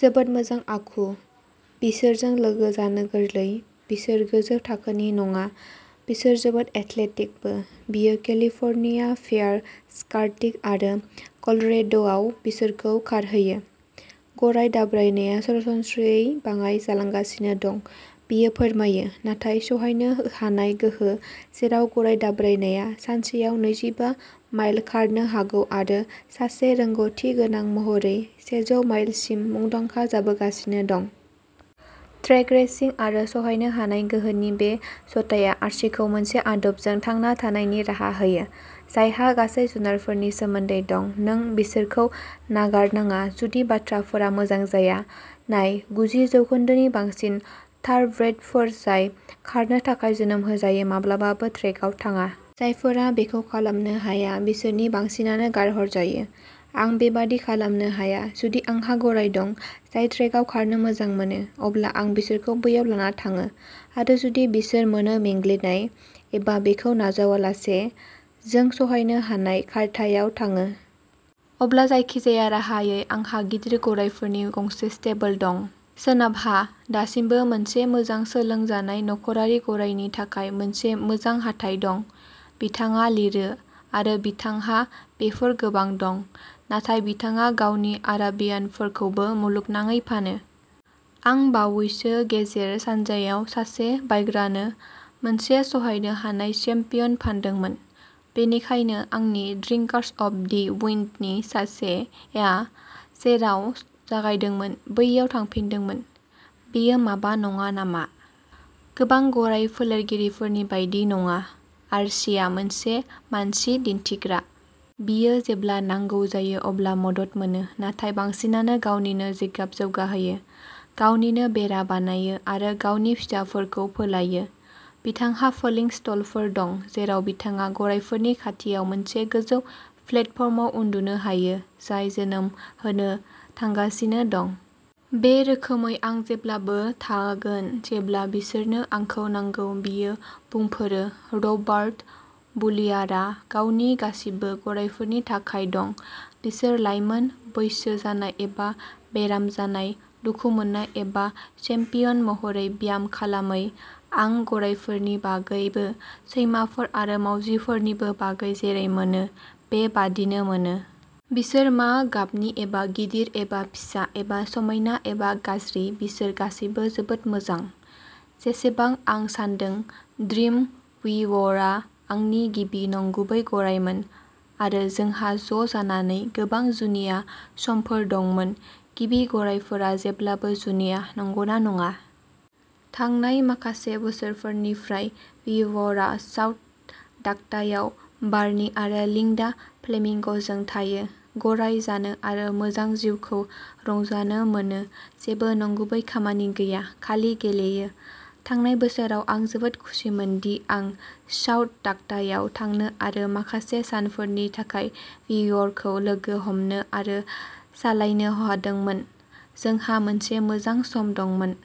जोबोद मोजां आखु। बिसोरजों लोगो जानो गोरलै, बिसोर गोजौ थाखोनि नङा। बिसोर जोबोद एथलेटिकबो। बियो केलिफर्निया फेयार सार्किट आरो कलरेड'आव बिसोरखौ खारहोयो। गराय दाब्रायनाया सरासनस्रायै बाङाइ जालांगासिनो दं, बियो फोरमायो, नाथाय सहायनो हानाय गोहो, जेराव गराय दाब्रायनाया सानसेयाव नैजि बा माइल खारनो हागौ आरो सासे रोंग'थि गोनां महरै सेजौ माइलसिम, मुंदांखा जाबोगासिनो दं। ट्रेक रेसिं आरो सहायनो हानाय गोहोनि बे जथाया आर्चीखौ मोनसे आदबजों थांना थानायनि राहा होयो, जायहा गासै जुनारफोरनि सोमोन्दै दं नों बिसोरखौ नागारनाङा, जुदि बाथ्राफोरा मोजां जाया। नाय, गुजि जौखोन्दोनि बांसिन थारब्रेडफोर जाय खारनो थाखाय जोनोम होजायो, माब्लाबाबो ट्रेकआव थाङा। जायफोरा बेखौ खालामनो हाया, बिसोरनि बांसिनानो गारहरजायो। आं बेबादि खालामनो हाया। जुदि आंहा गराय दं जाय ट्रेकआव खारनो मोजां मोनो, अब्ला आं बिसोरखौ बैयाव लाना थाङो आरो जुदि बिसोर मोनो मेंग्लिनाय एबा बेखौ नाजावालासे, जों सहायनो हानाय खारथायाव थाङो। अब्ला जायखिजाया राहायै, आंहा गिदिर गरायफोरनि गंसे स्टेबल दं। सोनाबहा, दासिमबो मोनसे मोजां सोलोंजानाय नखरारि गरायनि थाखाय मोनसे मोजां हाथाय दं, बिथाङा लिरो आरो बिथांहा बेफोर गोबां दं। नाथाय बिथाङा गावनि आरबियानफोरखौबो मुलुगनाङै फानो। आं बावैसो गेजेर सानजायाव सासे बायग्रानो मोनसे सहायनो हानाय चेम्पियन फानदोंमोन, बेनिखायनो आंनि ड्रिंकार्स अफ दि उइन्ड'नि सासेया जेराव जागायदोंमोन बैयाव थांफिनदोंमोन। बेयो माबा नङा नामा? गोबां गराय फोलेरगिरिफोरनि बायदि नङा, आर्चीआ मोनसे मानसि दिन्थिग्रा। बियो जेब्ला नांगौ जायो अब्ला मदद मोनो, नाथाय बांसिनानो गावनिनो जिगाब जौगाहोयो, गावनिनो बेरा बानायो आरो गावनि फिसाफोरखौ फोलायो। बिथांहा फोलिं स्टलफोर दं जेराव बिथाङा गरायफोरनि खाथियाव मोनसे गोजौ प्लेटफर्माव उन्दुनो हायो जाय जोनोम होनो थांगासिनो दं। बे रोखोमै आं जेब्लाबो थागोन जेब्ला बिसोरनो आंखौ नांगौ, बियो बुंफोरो। रबार्ट बुलियारआ गावनि गासिबो गरायफोरनि थाखाय दं, बिसोर लाइमोन, बैसो जानाय एबा बेराम जानाय, दुखु मोननाय एबा चेम्पियन महरै ब्याम खालामै। आं गरायफोरनि बागैबो सैमाफोर आरो मावजिफोरनि बागै जेरै मोनो, बे बादिनो मोनो। बिसोर मा गाबनि एबा गिदिर एबा फिसा एबा समायना एबा गाज्रि बिसोर गासैबो जोबोद मोजां, जेसेबां आं सान्दों। ड्रिम वीवरआ आंनि गिबि नंगुबै गरायमोन आरो जोंहा ज' जानानै गोबां जुनिया समफोर दंमोन। गिबि गरायफोरा जेब्लाबो जुनिया, नंगौना नङा? थांनाय माखासे बोसोरफोरनिफ्राय वीवरआ साउथ डाकटायाव बार्नी आरो लिंडा फ्लेमिंगजों थायो, गराय जानो आरो मोजां जिउखौ रंजानो मोनो जेबो नंगुबै खामानि गैया, खालि गेलेयो। थांनाय बोसोराव आं जोबोद खुसिमोन दि आं साउथ डाकटायाव थांनो आरो माखासे सानफोरनि थाखाय वीवरखौ लोगो हमनो आरो सालायनो हादोंमोन। जोंहा मोनसे मोजां सम दंमोन।